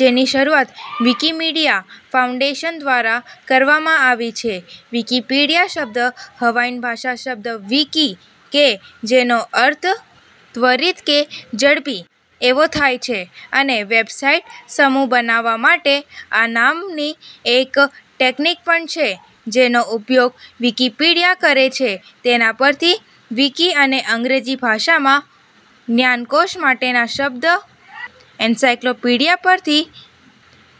જેની શરૂઆત Wikimedia foundation દ્વારા કરવામાં આવી છે. વિકિપીડિયા શબ્દ હવાઇયન ભાષાના શબ્દ વિકિ -કે જેનો અર્થ ત્વરિત કે ઝડપી એવો થાય છે અને વેબસાઇટ સમૂહ બનાવવા માટે આ નામની એક ટેકનિક પણ છે-જેનો ઉપયોગ વિકિપીડિયા કરે છે તેના પરથી વિકિ અને અંગ્રેજી ભાષામાં જ્ઞાનકોશ માટેના શબ્દ એન્સાઇક્લોપીડિયા પરથી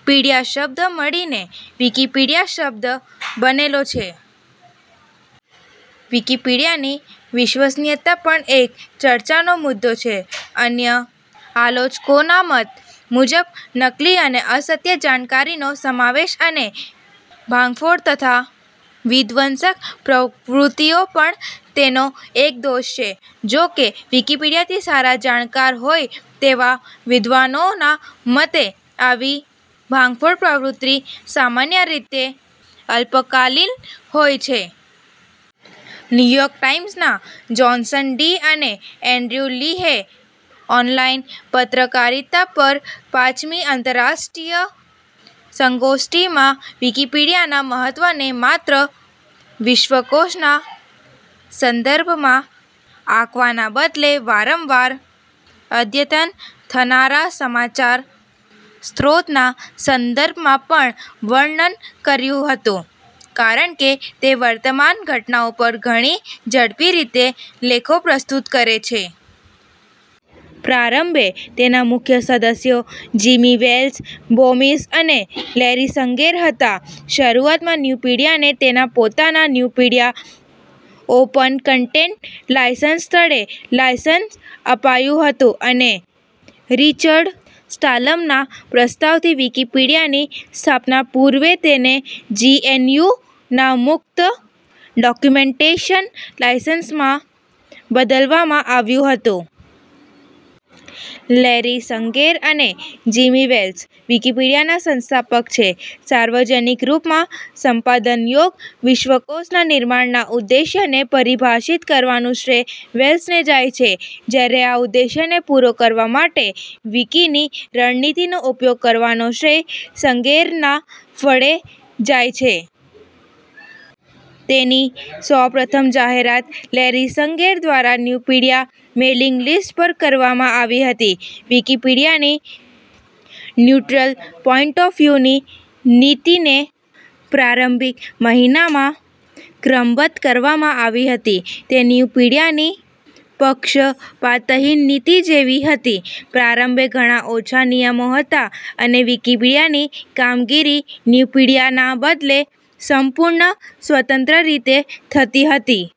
પીડિયા શબ્દ મળીને વિકિપીડિયા શબ્દ બનેલો છે. વિકિપીડિયાની વિશ્વસનીયતા પન એક ચર્ચાનો મુદ્દો છે. અન્ય આલોચકોના મત મુજબ નકલી અને અસત્ય જાણકારીનો સમાવેશ અને ભાંગફોડ તથા વિધ્વંસક પ્રવૃત્તિઓ પણ તેનો એક દોષ છે. જો કે વિકિપીડિયાથી સારા જાણકાર હોય તેવા વિદ્વાનોના મતે આવી ભાંગફોડ પ્રવૃત્તિ સામાન્ય રીતે અલ્પકાલીન હોય છે. ન્યૂયોર્ક ટાઇમ્સના જોન્સન ડી અને એંડ્રયુ લીહે ઓનલાઈન પત્રકારિતા પર પાંચમી આંતરરાષ્ટ્રીય સંગોષ્ટિમાં વિકિપીડિયાના મહત્વને માત્ર વિશ્વકોશના સંદર્ભમાં આંકવાના બદલે વારંવાર અદ્યતન થનારા સમાચાર સ્ત્રોતના સંદર્ભમાં પણ વર્ણન કર્યું હતુ. કારણ કે તે વર્તમાન ઘટનાઓ પર ઘણી ઝડપી રીતે લેખો પ્રસ્તુત કરે છે. પ્રારંભે તેના મુખ્ય સદસ્યો જિમી વેલ્સ, બોમિસ અને લૈરી સંગેર હતા. શરૂઆતમાં ન્યૂપીડિયાને તેના પોતાના ન્યૂપીડિયા ઓપન કન્ટેન્ટ લાયસન્સ તળે લાયસન્સ અપાયુંં હતુંં અને રિચર્ડ સ્ટાલમનના પ્રસ્તાવથી વિકિપીડિયાની સ્થાપના પૂર્વે તેને જીએનયુના મુક્ત ડૉક્યુમેન્ટેશન લાયસન્સમાં બદલવામાં આવ્યું હતું. લૈરી સંગેર અને જિમી વેલ્સ વિકિપીડિયાના સંસ્થાપક છે. સાર્વજનિક રૂપમાં સંપાદનયોગ વિશ્વકોશના નિર્માણના ઉદ્દેશ્યને પરિભાષિત કરવાનું શ્રેય વેલ્સને જાય છે. જ્યારે આ ઉદ્દેશ્યને પૂરો કરવા માટે વિકિની રણનીતિનો ઉપયોગ કરવાનો શ્રેય સંગેરના ફળે જાય છે. તેની સૌપ્રથમ જાહેરાત લૈરી સંગેર દ્વારા ન્યૂપીડિયા મેઇલિંગ લિસ્ટ પર કરવામાં આવી હતી. વિકિપીડિયાની "ન્યૂટ્રલ પોઇન્ટ ઑફ વ્યૂ" ની નીતિને પ્રારંભિક મહિનામાં ક્રમબદ્ધ કરવામાં આવી હતી, તે ન્યૂપીડિયાની પક્ષપાતહીન નીતિ જેવી હતી. પ્રારંભે ઘણા ઓછા નિયમો હતા અને વિકિપીડિયાની કામગીરી ન્યૂપીડિયાના બદલે સંપૂર્ણ સ્વતંત્ર રીતે થતી હતી.।